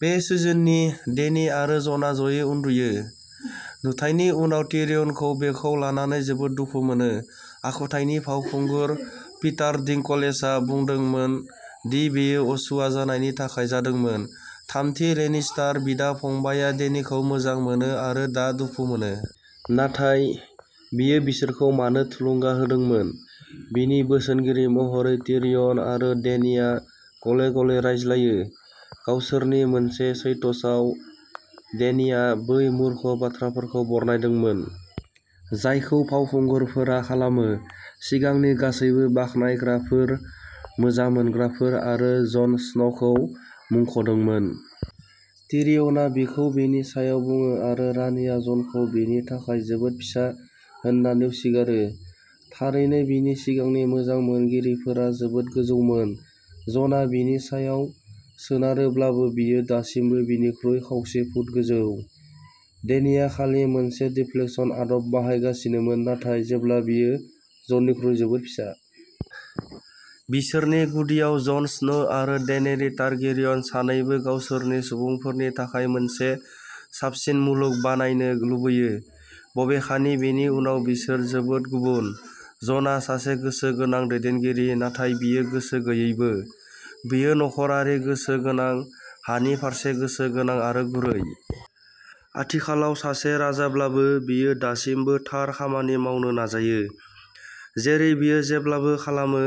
बे सिजननि, डेनी आरो जनआ ज'यै उन्दुयो। नुथायनि उनाव, टिरियनखौ बेखौ लानानै जोबोद दुखु मोनो। आखुथायनि फावखुंगुर, पिटार डिंकलेजआ बुंदोंमोन दि बेयो असूया जानायनि थाखाय जादोंमोनः थामथि लेनिस्टार बिदा-फंबायआ डेनीखौ मोजां मोनो आरो दा दुखु मोनो। नाथाय, बियो बिसोरखौ मानो थुलुंगा होदोंमोन? बिनि बोसोनगिरि महरै, टिरियन आरो डेनीआ गले-गले रायज्लायो। गावसोरनि मोनसे चैट्सआव, डेनीआ बै मूर्ख बाथ्राफोरखौ बरनायदोंमोन, जायखौ फावखुंगुरफोरा खालामो, सिगांनि गासैबो बाख्नायग्राफोर, मोजां मोनग्राफोर आरो जन स्न'खौ मुंख'दोंमोन। टिरियनआ बिखौ बेनि सायाव बुङो आरो रानिआ ज'नखौ "बिनि थाखाय जोबोद फिसा" होन्ना नेवसिगारो। थारैनो, बिनि सिगांनि मोजां मोनगिरिफोरा जोबोद गोजौमोन। जनआ बिनि सायाव सोनारोब्लाबो, बियो दासिमबो बिनिख्रुइ खावसे फुट गोजौ। डेनीआ खालि मोनसे दिफ्लेक्शन आदब बाहायगासिनोमोन, नाथाय जेब्ला बियो जननिख्रुइ जोबोद फिसा। बिसोरनि गुदियाव, जन स्नो आरो डेनेरि टारगेरियन सानैबो गावसोरनि सुबुंफोरनि थाखाय मोनसे साबसिन मुलुग बानायनो लुबैयो। बबेखानि, बेनि उनाव, बिसोर जोबोद गुबुन। जनआ सासे गोसो गोनां दैदेनगिरि, नाथाय बियो गोसो गैयैबो। बियो नखरारि गोसो गोनां, हानि फारसे गोसो गोनां, आरो गुरै। आथिखालाव सासे राजाब्लाबो, बियो दासिमबो थार खामानि मावनो नाजायो, जेरै बियो जेब्लाबो खालामो।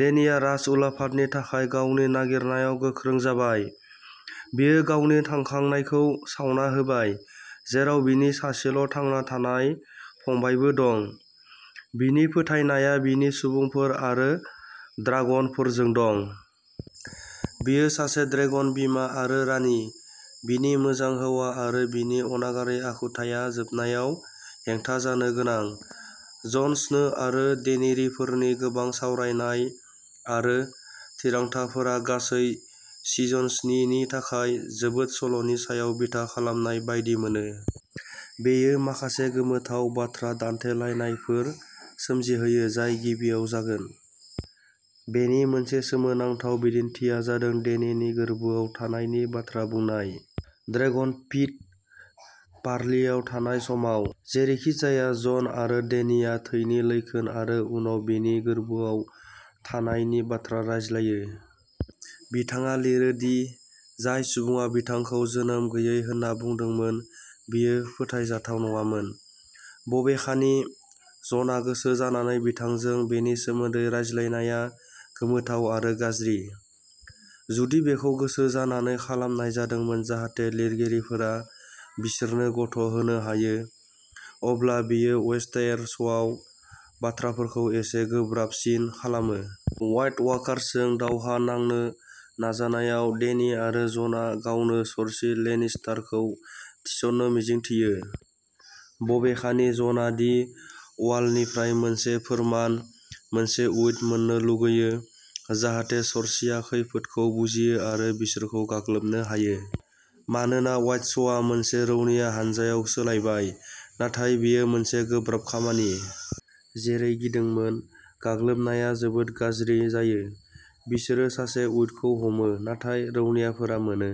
डेनिआ राजउलाफादनि थाखाय गावनि नागिरनायाव गोख्रों जाबाय। बियो गावनि थांखांनायखौ सावना होबाय, जेराव बिनि सासेल'थांना थानाय फंबायबो दं। बिनि फोथायनाया बिनि सुबुंफोर आरो ड्रागनफोरजों दं। बियो सासे ड्रेगन बिमा आरो रानि। बिनि मोजां हौवा आरो बिनि अनागारि आखुथाइया जोबनायाव हेंथा जानो गोनां। जन स्नो आरो डेनेरिफोरनि गोबां सावरायनाय आरो थिरांथाफोरा गासै सिजन स्नि नि थाखाय जोबोद सल'नि सायाव बिथा खालामनाय बायदि मोनो। बेयो माखासे गोमोथाव बाथ्रा दान्थेलायनायफोर सोमजिहोयो जाय गिबियाव जागोन। बेनि मोनसे सोमोनांथाव बिदिन्थिआ जादों डेनिनि गोर्बोआव थानायनि बाथ्रा बुंनाय। ड्रेगन पिट पार्लिआव थानाय समाव, जेरैखिजाया जन आरो डेनिआ थैनि लैखोन आरो उनाव बिनि गोर्बोआव थानायनि बाथ्रा रायज्लायो। बिथाङा लिरो दि जाय सुबुङा बिथांखौ जोनोम गैयै होनना बुंदोंमोन बियो फोथायजाथाव नङामोन। बबेखानि, ज'ना गोसोजानानै बिथांजों बेनि सोमोन्दै रायज्लायनायआ गोमोथाव आरो गाज्रि। जुदि बेखौ गोसोजानानै खालामनाय जादोंमोन जाहाथे लिरगिरिफोरा बिसोरनो गथ'होनो हायो, अब्ला बेयो वेस्टेर'सआव बाथ्राफोरखौ एसे गोब्राबसिन खालामो। व्हाइट वाकार्सजों दावहा नांनो नाजानायाव, डेनी आरो ज'ना गावनो सर्सी लेनिस्टारखौ थिसननो मिजिंथियो। बबेखानि, ज'ना दि वालनिफ्राय मोनसे फोरमान, मोनसे उइट मोन्नो लुगैयो, जाहाथे सर्सीआ खैफोदखौ बुजियो आरो बिसोरखौ गाग्लोबनो हायो। मानोना वाइट्सआ मोनसे रौनिया हानजायाव सोलायबाय, नाथाय बेयो मोनसे गोब्राब खामानि। जेरै गिदोंमोन, गाग्लोबनाया जोबोद गाज्रि जायो। बिसोरो सासे उइटखौ हमो, नाथाय रौनियाफोरा मोनो।